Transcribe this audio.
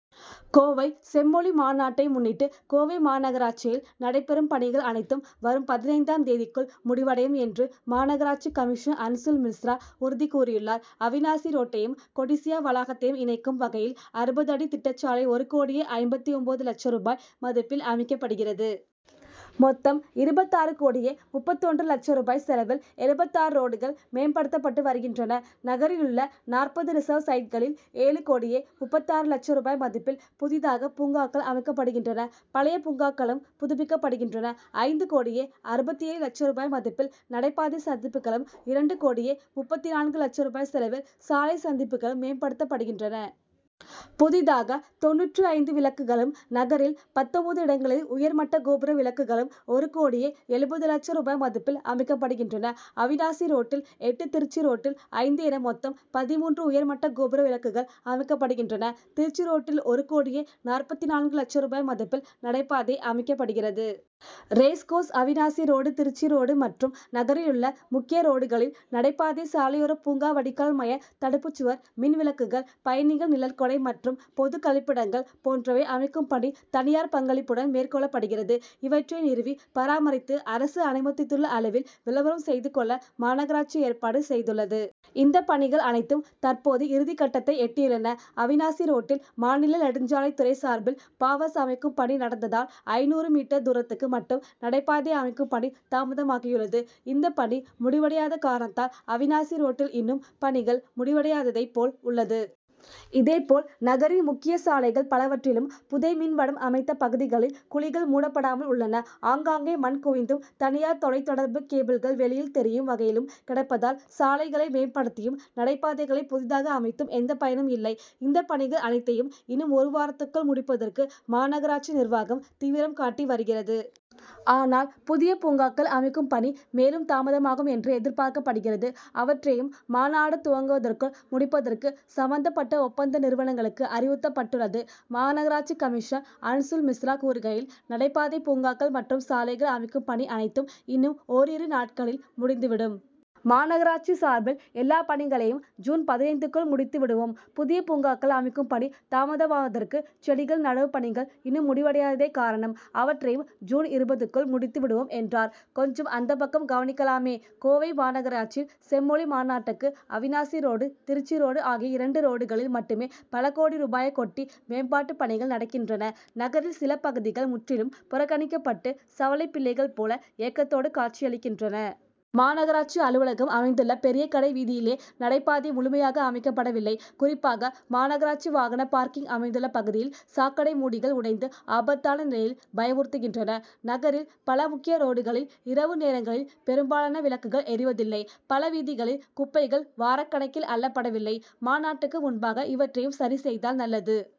கோவை செம்மொழி மாநாட்டை முன்னிட்டு கோவை மாநகராட்சியில் நடைபெறும் பணிகள் அனைத்தும் வரும் பதினைந்தாம் தேதிக்குள் முடிவடையும் என்று மாநகராட்சி கமிஷனர் அன்சுல் மிஸ்ரா உறுதி கூறியுள்ளார். அவிநாசி ரோட்டையும் கொடிசியா வளாகத்தையும் இணைக்கும் வகையில் அறுபது அடி திட்டச்சாலை ஒரு கோடியே ஐம்பத்து ஒன்பது லட்ச ரூபாய் மதிப்பில் அமைக்கப்படுகிறது. மொத்தம் இருபத்தாறு கோடியே முப்பத்து ஒன்று லட்ச ரூபாய் செலவில் எழுபத்தாறு ரோடுகள் மேம்படுத்தப்பட்டு வருகின்றன. நகரிலுள்ள நாற்பது ரிசர்வ் சைட்களில் ஏழு கோடியே முப்பத்து ஆறு லட்ச ரூபாய் மதிப்பில் புதிதாக பூங்காக்கள் அமைக்கப்படுகின்றன பழைய பூங்காக்களும் புதுப்பிக்கப்படுகின்றன. ஐந்து கோடியே அறுபத்து ஏழு லட்ச ரூபாய் மதிப்பில் நடைபாதை சந்திப்புகளும் இரண்டு கோடியே முப்பத்து நான்கு லட்ச ரூபாய் செலவில் சாலை சந்திப்புகளும் மேம்படுத்தப்படுகின்றன. புதிதாக தொண்ணூற்று ஐந்து விளக்குகளும் நகரில் பத்தொன்பது இடங்களில் உயர் மட்ட கோபுர விளக்குகளும் ஒரு கோடியே எழுபது லட்ச ரூபாய் மதிப்பில் அமைக்கப்படுகின்றன. அவிநாசி ரோட்டில் எட்டு திருச்சி ரோட்டில் ஐந்து என மொத்தம் பதின்மூன்று உயர் மட்ட கோபுர விளக்குகள் அமைக்கப்படுகின்றன. திருச்சி ரோட்டில் ஒரு கோடியே நாற்பத்து நான்கு லட்ச ரூபாய் மதிப்பில் நடைபாதை அமைக்கப்படுகிறது. Racecourse Avinashi road Trichy road மற்றும் நகரிலுள்ள முக்கிய ரோடுகளில் நடைபாதை சாலையோரப் பூங்கா வடிகால் மையத் தடுப்புச்சுவர் மின் விளக்குகள் பயணிகள் நிழற்குடை மற்றும் பொது கழிப்பிடங்கள் போன்றவை அமைக்கும் பணி தனியார் பங்களிப்புடன் மேற்கொள்ளப்படுகிறது. இவற்றை நிறுவி பராமரித்து அரசு அனுமதித்துள்ள அளவில் விளம்பரம் செய்து கொள்ள மாநகராட்சி ஏற்பாடு செய்துள்ளது. இந்த பணிகள் அனைத்தும் தற்போது இறுதிக்கட்டத்தை எட்டியுள்ளன. அவிநாசி ரோட்டில் மாநில நெடுஞ்சாலைத்துறை சார்பில் பாவர்ஸ் அமைக்கும் பணி நடந்ததால் ஐந்நூறு மீட்டர் தூரத்துக்கு மட்டும் நடைபாதை அமைக்கும் பணி தாமதமாகியுள்ளது. இந்தப் பணி முடிவடையாத காரணத்தால் அவிநாசி ரோட்டில் இன்னும் பணிகள் முடிவடையாததைப் போல் உள்ளது. இதேபோல நகரின் முக்கியச் சாலைகள் பலவற்றிலும் புதை மின் வடம் அமைத்த பகுதிகளில் குழிகள் மூடப்படாமல் உள்ளன. ஆங்காங்கே மண் குவிந்தும் தனியார் தொலைத் தொடர்பு கேபிள்கள் வெளியில் தெரியும் வகையிலும் கிடப்பதால் சாலைகளை மேம்படுத்தியும் நடைபாதைகளை புதிதாக அமைத்தும் எந்த பயனும் இல்லை. இந்த பணிகள் அனைத்தையும் இன்னும் ஒரு வாரத்துக்குள் முடிப்பதற்கு மாநகராட்சி நிர்வாகம் தீவிரம் காட்டி வருகிறது. ஆனால் புதிய பூங்காக்கள் அமைக்கும் பணி மேலும் தாமதமாகும் என்று எதிர்பார்க்கப்படுகிறது. அவற்றையும் மாநாடு துவங்குவதற்குள் முடிப்பதற்கு சம்மந்தப்பட்ட ஒப்பந்த நிறுவனங்களுக்கு அறிவுறுத்தப்பட்டுள்ளது. மாநகராட்சி கமிஷனர் அன்சுல் மிஸ்ரா கூறுகையில் நடைபாதை பூங்காக்கள் மற்றும் சாலைகள் அமைக்கும் பணி அனைத்தும் இன்னும் ஓரிரு நாட்களில் முடிந்து விடும். மாநகராட்சி சார்பில் எல்லாப் பணிகளையும் ஜூன் பதினைந்துக்குள் முடித்து விடுவோம். புதிய பூங்காக்கள் அமைக்கும் பணி தாமதமாவதற்கு செடிகள் நடவுப்பணிகள் இன்னும் முடிவடையாததே காரணம். அவற்றையும் ஜூன் இருபதுக்குள் முடித்து விடுவோம் என்றார். கொஞ்சம் அந்தப்பக்கம் கவனிக்கலாமே! கோவை மாநகராட்சியில் செம்மொழி மாநாட்டுக்கு அவிநாசி ரோடு திருச்சி ரோடு ஆகிய இரண்டு ரோடுகளில் மட்டுமே பல கோடி ரூபாயைக்கொட்டி மேம்பாட்டுப் பணிகள் நடக்கின்றன நகரில் சில பகுதிகள் முற்றிலும் புறக்கணிக்கப்பட்டு சவலைப் பிள்ளைகள் போல ஏக்கத்தோடு காட்சியளிக்கின்றன. மாநகராட்சி அலுவலகம் அமைந்துள்ள பெரிய கடை வீதியிலேயே நடைபாதை முழுமையாக அமைக்கப்படவில்லை. குறிப்பாக மாநகராட்சி வாகன பார்க்கிங் அமைந்துள்ள பகுதியில் சாக்கடை மூடிகள் உடைந்து ஆபத்தான நிலையில் பயமுறுத்துகின்றன. நகரில் பல முக்கிய ரோடுகளில் இரவு நேரங்களில் பெரும்பாலான விளக்குகள் எரிவதில்லை. பல வீதிகளில் குப்பைகள் வாரக்கணக்கில் அள்ளப்படவில்லை. மாநாட்டுக்கு முன்பாக இவற்றையும் சரி செய்தால் நல்லது.